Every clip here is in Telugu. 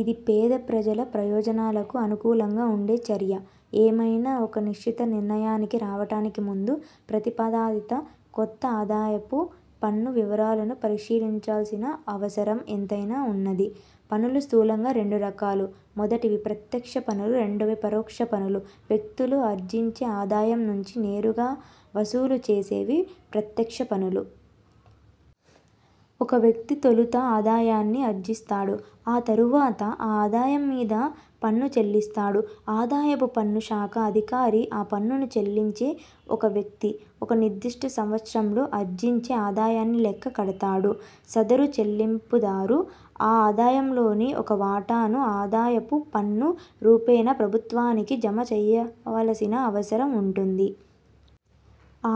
ఇది, పేద ప్రజల ప్రయోజనాలకు అనుకూలంగా ఉండే చర్య. ఏమైనా ఒక నిశ్చిత నిర్ణయానికి రావడానికి ముందు ప్రతిపాదిత కొత్త ఆదాయపు పన్ను వివరాలను పరిశీలించవల్సిన అవసరం ఎంతైనా ఉన్నది. పన్నులు స్థూలంగా రెండు రకాలు. మొదటివి ప్రత్యక్ష పన్నులు; రెండోవి పరోక్ష పన్నులు. వ్యక్తులు ఆర్జించే ఆదాయం నుంచి నేరుగా వసూలు చేసేవి 'ప్రత్యక్ష పన్నులు'. ఒక వ్యక్తి తొలుత ఆదాయాన్ని ఆర్జిస్తాడు; ఆ తరువాత ఆ ఆదాయం మీద పన్ను చెల్లిస్తాడు. ఆదాయపు పన్ను శాఖ అధికారి ఆ పన్నును చెల్లించే ఒక వ్యక్తి ఒక నిర్దిష్ట సంవత్సరంలో ఆర్జించే ఆదాయాన్ని లెక్క కడతాడు. సదరు చెల్లింపుదారు ఆ ఆదాయంలోని ఒక వాటాను ఆదాయపు పన్ను రూపేణా ప్రభుత్వానికి జమ చేయవలసిన అవసరం ఉంటుంది.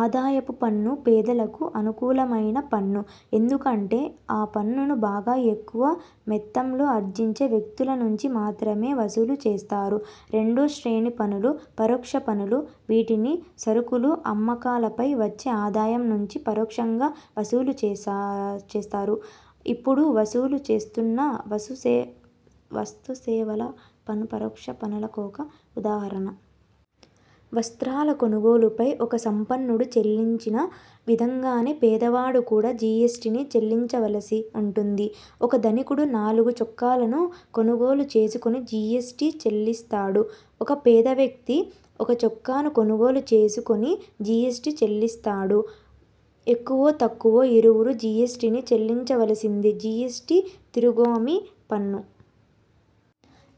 ఆదాయపు పన్ను పేదలకు అనుకూలమైన పన్ను. ఎందుకంటే ఆ పన్నును బాగా ఎక్కువ మొత్తంలో ఆర్జించే వ్యక్తుల నుంచి మాత్రమే వసూలు చేస్తారు. రెండో శ్రేణి పన్నులు – 'పరోక్ష పన్నులు'. వీటిని సరుకుల అమ్మకాలపై వచ్చే ఆదాయం నుంచి పరోక్షంగా వసూలు చేస్తారు. ఇప్పుడు వసూలు చేస్తున్న వస్తుసేవల పన్ను పరోక్ష పన్నులకొక ఉదాహరణ. వస్త్రాల కొనుగోలుపై ఒక సంపన్నుడు చెల్లించిన విధంగానే పేదవాడు కూడా జీఎస్టీని చెల్లించవలసి వుంటుంది. ఒక ధనికుడు నాలుగు చొక్కాలను కొనుగోలు చేసుకొని జీఎస్టీ చెల్లిస్తాడు. ఒక పేదవ్యక్తి ఒక చొక్కాను కొనుగోలు చేసుకొని జీఎస్టీ చెల్లిస్తాడు. ఎక్కువో తక్కువో ఇరువురూ జీఎస్టీని చెల్లించవలసిందే. జీఎస్టీ తిరోగామి పన్ను.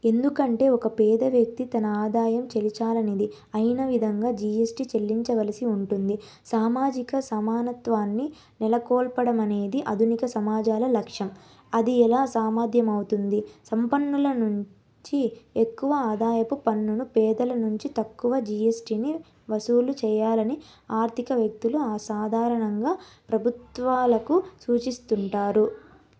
ఎందుకంటే ఒక పేద వ్యక్తి తన ఆదాయం చాలీచాలనిది అయినా విధిగా జీఎస్టీ చెల్లించవలసి వుంటుంది. సామాజిక సమానత్వాన్ని నెలకొల్పడమనేది ఆధునిక సమాజాల లక్ష్యం. అది ఎలా సాధ్యమవుతుంది? సంపన్నుల నుంచి ఎక్కువ ఆదాయపు పన్నును, పేదల నుంచి తక్కువ జీఎస్టీని వసూలు చేయాలని ఆర్థికవేత్తలు సాధారణంగా ప్రభుత్వాలకు సూచిస్తుంటారు.